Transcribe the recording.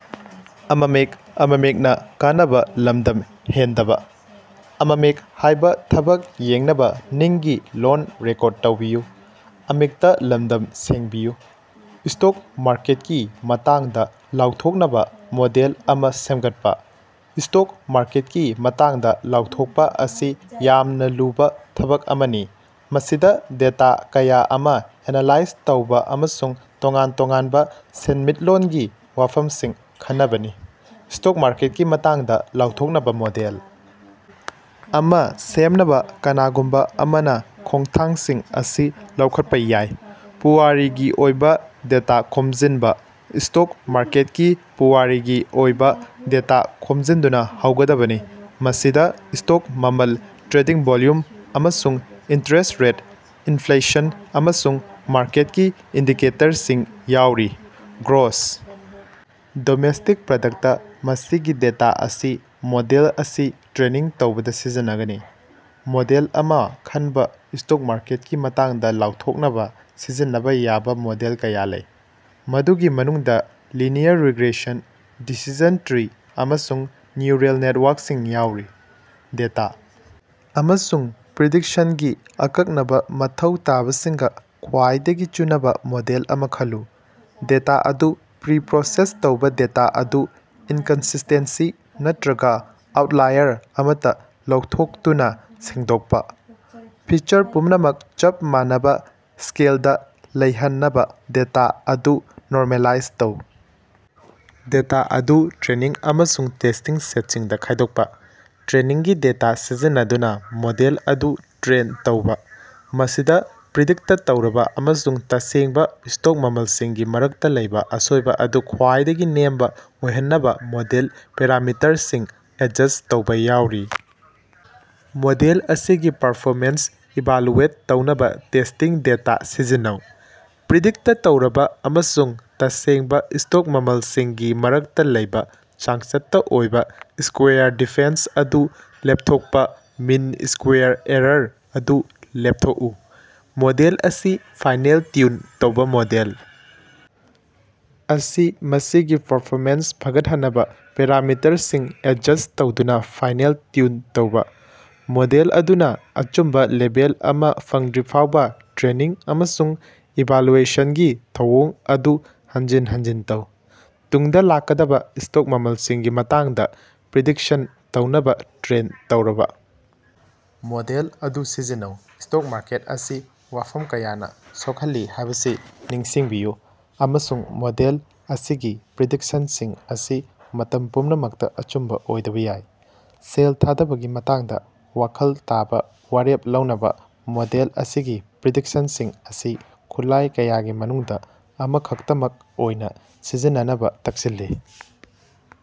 Stock ꯃꯥꯔꯀꯦꯠꯀꯤ ꯃꯇꯥꯡꯗꯥ ꯂꯥꯎꯊꯣꯛꯅꯕꯥ model ꯑꯃꯥ ꯁꯦꯝꯒꯠꯄꯥ꯫ ꯁ꯭ꯇꯣꯛ ꯃꯥꯔꯀꯦꯠꯀꯤ ꯃꯇꯥꯡꯗꯥ ꯂꯥꯎꯊꯣꯛꯄꯥ ꯑꯁꯤ ꯌꯥꯝꯅ ꯂꯨꯕꯥ ꯊꯕꯛ ꯑꯃꯅꯤ ꯃꯁꯤꯗꯥ ꯗꯦꯇꯥ ꯀꯌꯥ ꯑꯃꯥ ꯑꯦꯅꯥꯂꯥꯏꯖ ꯇꯧꯕ ꯑꯃꯁꯨꯡ ꯇꯣꯉꯥꯟ ꯇꯣꯉꯥꯟꯕꯥ ꯁꯦꯟꯃꯤꯠꯂꯣꯟꯒꯤ ꯋꯥꯐꯝꯁꯤꯡ ꯈꯟꯅꯕꯅꯤ꯫ ꯁ꯭ꯇꯣꯛ ꯃꯥꯔꯀꯦꯠꯀꯤ ꯃꯇꯥꯡꯗꯥ ꯂꯥꯎꯊꯣꯛꯅꯕꯥ ꯃꯣꯗꯦꯜ ꯑꯃꯥ ꯁꯦꯝꯅꯕꯥ, ꯀꯅꯥꯒꯨꯝꯕꯥ ꯑꯃꯅꯥ ꯈꯣꯡꯊꯥꯡꯁꯤꯡ ꯑꯁꯤ ꯂꯧꯈꯠꯄꯥ ꯌꯥꯏ ꯄꯨꯋꯥꯔꯤꯒꯤ ꯑꯣꯏꯕ ꯗꯦꯇꯥ ꯈꯣꯝꯖꯤꯟꯕ ꯁ꯭ꯇꯣꯛ ꯃꯥꯔꯀꯦꯠꯀꯤ ꯄꯨꯋꯥꯔꯤꯒꯤ ꯑꯣꯏꯕꯥ ꯗꯦꯇꯥ ꯈꯣꯝꯖꯤꯟꯗꯨꯅꯥ ꯍꯧꯒꯗꯕꯅꯤ, ꯃꯁꯤꯗꯥ ꯁ꯭ꯇꯣꯛ ꯃꯃꯜ, ꯇ꯭ꯔꯦꯗꯤꯡ ꯚꯣꯜꯌꯨꯝ, ꯑꯃꯁꯨꯡ ꯏꯟꯇꯔꯦꯁ꯭ꯠ ꯔꯦꯠ, ꯏꯅꯐ꯭ꯂꯦꯁꯟ, ꯑꯃꯁꯨꯡ ꯃꯥꯔꯀꯦꯠꯀꯤ ꯏꯟꯗꯤꯀꯦꯇꯔꯁꯤꯡ ꯌꯥꯎꯔꯤ꯫ ꯒ꯭ꯔꯣꯁ ꯗꯣꯃꯦꯁꯇꯤꯛ ꯄ꯭ꯔꯗꯛꯇ ꯃꯁꯤꯒꯤ ꯗꯦꯇꯥ ꯑꯁꯤ ꯃꯣꯗꯦꯜ ꯑꯁꯤ ꯇ꯭ꯔꯦꯅꯤꯡ ꯇꯧꯕꯗꯥ ꯁꯤꯖꯤꯟꯅꯒꯅꯤ꯫ ꯃꯣꯗꯦꯜ ꯑꯃꯥ ꯈꯟꯕ ꯁ꯭ꯇꯣꯛ ꯃꯥꯔꯀꯦꯠꯀꯤ ꯃꯇꯥꯡꯗꯥ ꯂꯥꯎꯊꯣꯛꯅꯕꯥ ꯁꯤꯖꯤꯟꯅꯕꯥ ꯌꯥꯕ ꯃꯣꯗꯦꯜ ꯀꯌꯥ ꯂꯩ, ꯃꯗꯨꯒꯤ ꯃꯅꯨꯡꯗꯥ ꯂꯤꯅꯤꯌꯔ ꯔꯤꯒ꯭ꯔꯦꯁꯟ, ꯗꯤꯁꯤꯖꯟ ꯇ꯭ꯔꯤ, ꯑꯃꯁꯨꯡ ꯅ꯭ꯌꯨꯔꯜ ꯅꯦꯠꯋꯥꯔꯀꯁꯤꯡ ꯌꯥꯎꯔꯤ꯫ ꯗꯦꯇꯥ ꯑꯃꯁꯨꯡ ꯄ꯭ꯔꯤꯗꯤꯛꯁꯟꯒꯤ ꯑꯀꯛꯅꯕꯥ ꯃꯊꯧ ꯇꯥꯕꯁꯤꯡꯒꯥ ꯈ꯭ꯋꯥꯏꯗꯒꯤ ꯆꯨꯅꯕꯥ ꯃꯣꯗꯦꯜ ꯑꯃꯥ ꯈꯜꯂꯨ꯫ ꯗꯦꯇꯥ ꯑꯗꯨ ꯄ꯭ꯔꯤ ꯄ꯭ꯔꯣꯁꯦꯁ ꯇꯧꯕ ꯗꯦꯇꯥ ꯑꯗꯨ ꯏꯟꯀꯟꯁꯤꯁ꯭ꯇꯦꯟꯁꯤ ꯅꯠꯇ꯭ꯔꯒꯥ ꯑꯥꯎꯠꯂꯥꯏꯔ ꯑꯃꯠꯇꯥ ꯂꯧꯊꯣꯛꯇꯨꯅꯥ ꯁꯦꯡꯗꯣꯛꯄꯥ꯫ ꯐꯤꯆꯔ ꯄꯨꯝꯅꯃꯛ ꯆꯞ ꯃꯥꯟꯅꯕꯥ ꯁ꯭ꯀꯦꯂꯗꯥ ꯂꯩꯍꯟꯅꯕꯥ ꯗꯦꯇꯥ ꯑꯗꯨ ꯅꯣꯔꯃꯦꯂꯥꯏꯖ ꯇꯧ꯫ ꯗꯦꯇꯥ ꯑꯗꯨ ꯇ꯭ꯔꯦꯅꯤꯡ ꯑꯃꯁꯨꯡ ꯇꯦꯁ꯭ꯇꯤꯡ ꯁꯦꯠꯁꯤꯡꯗꯥ ꯈꯥꯏꯗꯣꯛꯄꯥ꯫ ꯇ꯭ꯔꯦꯅꯤꯡꯒꯤ ꯗꯦꯇꯥ ꯁꯤꯖꯤꯟꯅꯗꯨꯅꯥ ꯃꯣꯗꯦꯜ ꯑꯗꯨ ꯇ꯭ꯔꯦꯟ ꯇꯧꯕꯥ꯫ ꯃꯁꯤꯗꯥ ꯄ꯭ꯔꯤꯗꯤꯛꯇ ꯇꯧꯔꯕꯥ ꯑꯃꯁꯨꯡ ꯇꯁꯦꯡꯕꯥ ꯁ꯭ꯇꯣꯛ ꯃꯃꯜꯁꯤꯡꯒꯤ ꯃꯔꯛꯇꯥ ꯂꯩꯕ ꯑꯁꯣꯏꯕꯥ ꯑꯗꯨ ꯈ꯭ꯋꯥꯏꯗꯒꯤ ꯅꯦꯝꯕꯥ ꯑꯣꯏꯍꯟꯅꯕꯥ ꯃꯣꯗꯦꯜ ꯄꯦꯔꯥꯃꯤꯇꯔꯁꯤꯡ ꯑꯦꯗꯖꯁ꯭ꯠ ꯇꯧꯕꯥ ꯌꯥꯎꯔꯤ꯫ ꯃꯣꯗꯦꯜ ꯑꯁꯤꯒꯤ ꯄꯔꯐꯣꯃꯦꯟꯁ ꯏꯚꯥꯂꯨꯑꯦꯠ ꯇꯧꯅꯕꯥ ꯇꯦꯁ꯭ꯇꯤꯡ ꯗꯦꯇꯥ ꯁꯤꯖꯤꯟꯅꯧ꯫ ꯄ꯭ꯔꯤꯗꯤꯛꯇ ꯇꯧꯔꯕꯥ ꯑꯃꯁꯨꯡ ꯇꯁꯦꯡꯕꯥ ꯁ꯭ꯇꯣꯛ ꯃꯃꯜꯁꯤꯡꯒꯤ ꯃꯔꯛꯇꯥ ꯂꯩꯕ ꯆꯥꯡꯆꯠꯇꯥ ꯑꯣꯏꯕ ꯁ꯭ꯀꯣꯌꯥꯔ ꯗꯤꯐꯦꯟꯁ ꯑꯗꯨ ꯂꯦꯞꯊꯣꯛꯄꯥ ꯃꯤꯟ ꯁ꯭ꯀꯣꯌꯥꯔ ꯑꯦꯔꯥꯔ ꯑꯗꯨ ꯂꯦꯞꯊꯣꯛꯎ꯫ ꯃꯣꯗꯦꯜ ꯑꯁꯤ ꯐꯥꯏꯅꯦꯜ ꯇ꯭ꯌꯨꯟ ꯇꯧꯕ ꯃꯣꯗꯦꯜ ꯑꯁꯤ ꯃꯁꯤꯒꯤ ꯄꯔꯐꯣꯃꯦꯟꯁ ꯐꯒꯠꯍꯟꯅꯕꯥ ꯄꯦꯔꯥꯃꯤꯇꯔꯁꯤꯡ ꯑꯦꯗꯖꯁ꯭ꯠ ꯇꯧꯗꯨꯅꯥ ꯐꯥꯏꯅꯦꯜ ꯇ꯭ꯌꯨꯟ ꯇꯧꯕ꯫ ꯃꯣꯗꯦꯜ ꯑꯗꯨꯅꯥ ꯑꯆꯨꯝꯕꯥ ꯂꯦꯚꯦꯜ ꯑꯃꯥ ꯐꯪꯗ꯭ꯔꯤꯐꯥꯎꯕꯥ ꯇ꯭ꯔꯦꯅꯤꯡ ꯑꯃꯁꯨꯡ ꯏꯚꯥꯜꯌꯨꯑꯦꯁꯟꯒꯤ ꯊꯧꯑꯣꯡ ꯑꯗꯨ ꯍꯟꯖꯤꯟ ꯍꯟꯖꯤꯟ ꯇꯧ꯫ ꯇꯨꯡꯗꯥ ꯂꯥꯛꯀꯗꯕꯥ ꯁ꯭ꯇꯣꯛ ꯃꯃꯜꯁꯤꯡꯒꯤ ꯃꯇꯥꯡꯗꯥ ꯄ꯭ꯔꯤꯗꯤꯛꯁꯟ ꯇꯧꯅꯕꯥ ꯇ꯭ꯔꯦꯟ ꯇꯧꯔꯕꯥ ꯃꯣꯗꯦꯜ ꯑꯗꯨ ꯁꯤꯖꯤꯟꯅꯧ꯫ ꯁ꯭ꯇꯣꯛ ꯃꯥꯔꯀꯦꯠ ꯑꯁꯤ ꯋꯥꯐꯝ ꯀꯌꯥꯅꯥ ꯁꯣꯛꯍꯜꯂꯤ ꯍꯥꯏꯕꯁꯤ ꯅꯤꯡꯁꯤꯡꯕꯤꯌꯨ, ꯑꯃꯁꯨꯡ ꯃꯣꯗꯦꯜ ꯑꯁꯤꯒꯤ ꯄ꯭ꯔꯤꯗꯤꯛꯁꯟꯁꯤꯡ ꯑꯁꯤ ꯃꯇꯝ ꯄꯨꯝꯅꯃꯛꯇꯥ ꯑꯆꯨꯝꯕꯥ ꯑꯣꯏꯗꯕꯥ ꯌꯥꯏ꯫ ꯁꯦꯜ ꯊꯥꯗꯕꯒꯤ ꯃꯇꯥꯡꯗꯥ ꯋꯥꯈꯜ ꯇꯥꯕ ꯋꯥꯔꯦꯞ ꯂꯧꯅꯕꯥ ꯃꯣꯗꯦꯜ ꯑꯁꯤꯒꯤ ꯄ꯭ꯔꯤꯗꯤꯛꯁꯟꯁꯤꯡ ꯑꯁꯤ ꯈꯨꯠꯂꯥꯏ ꯀꯌꯥꯒꯤ ꯃꯅꯨꯡꯗꯥ ꯑꯃꯈꯛꯇꯃꯛ ꯑꯣꯏꯅꯥ ꯁꯤꯖꯤꯟꯅꯅꯕꯥ ꯇꯛꯁꯤꯜꯂꯤ꯫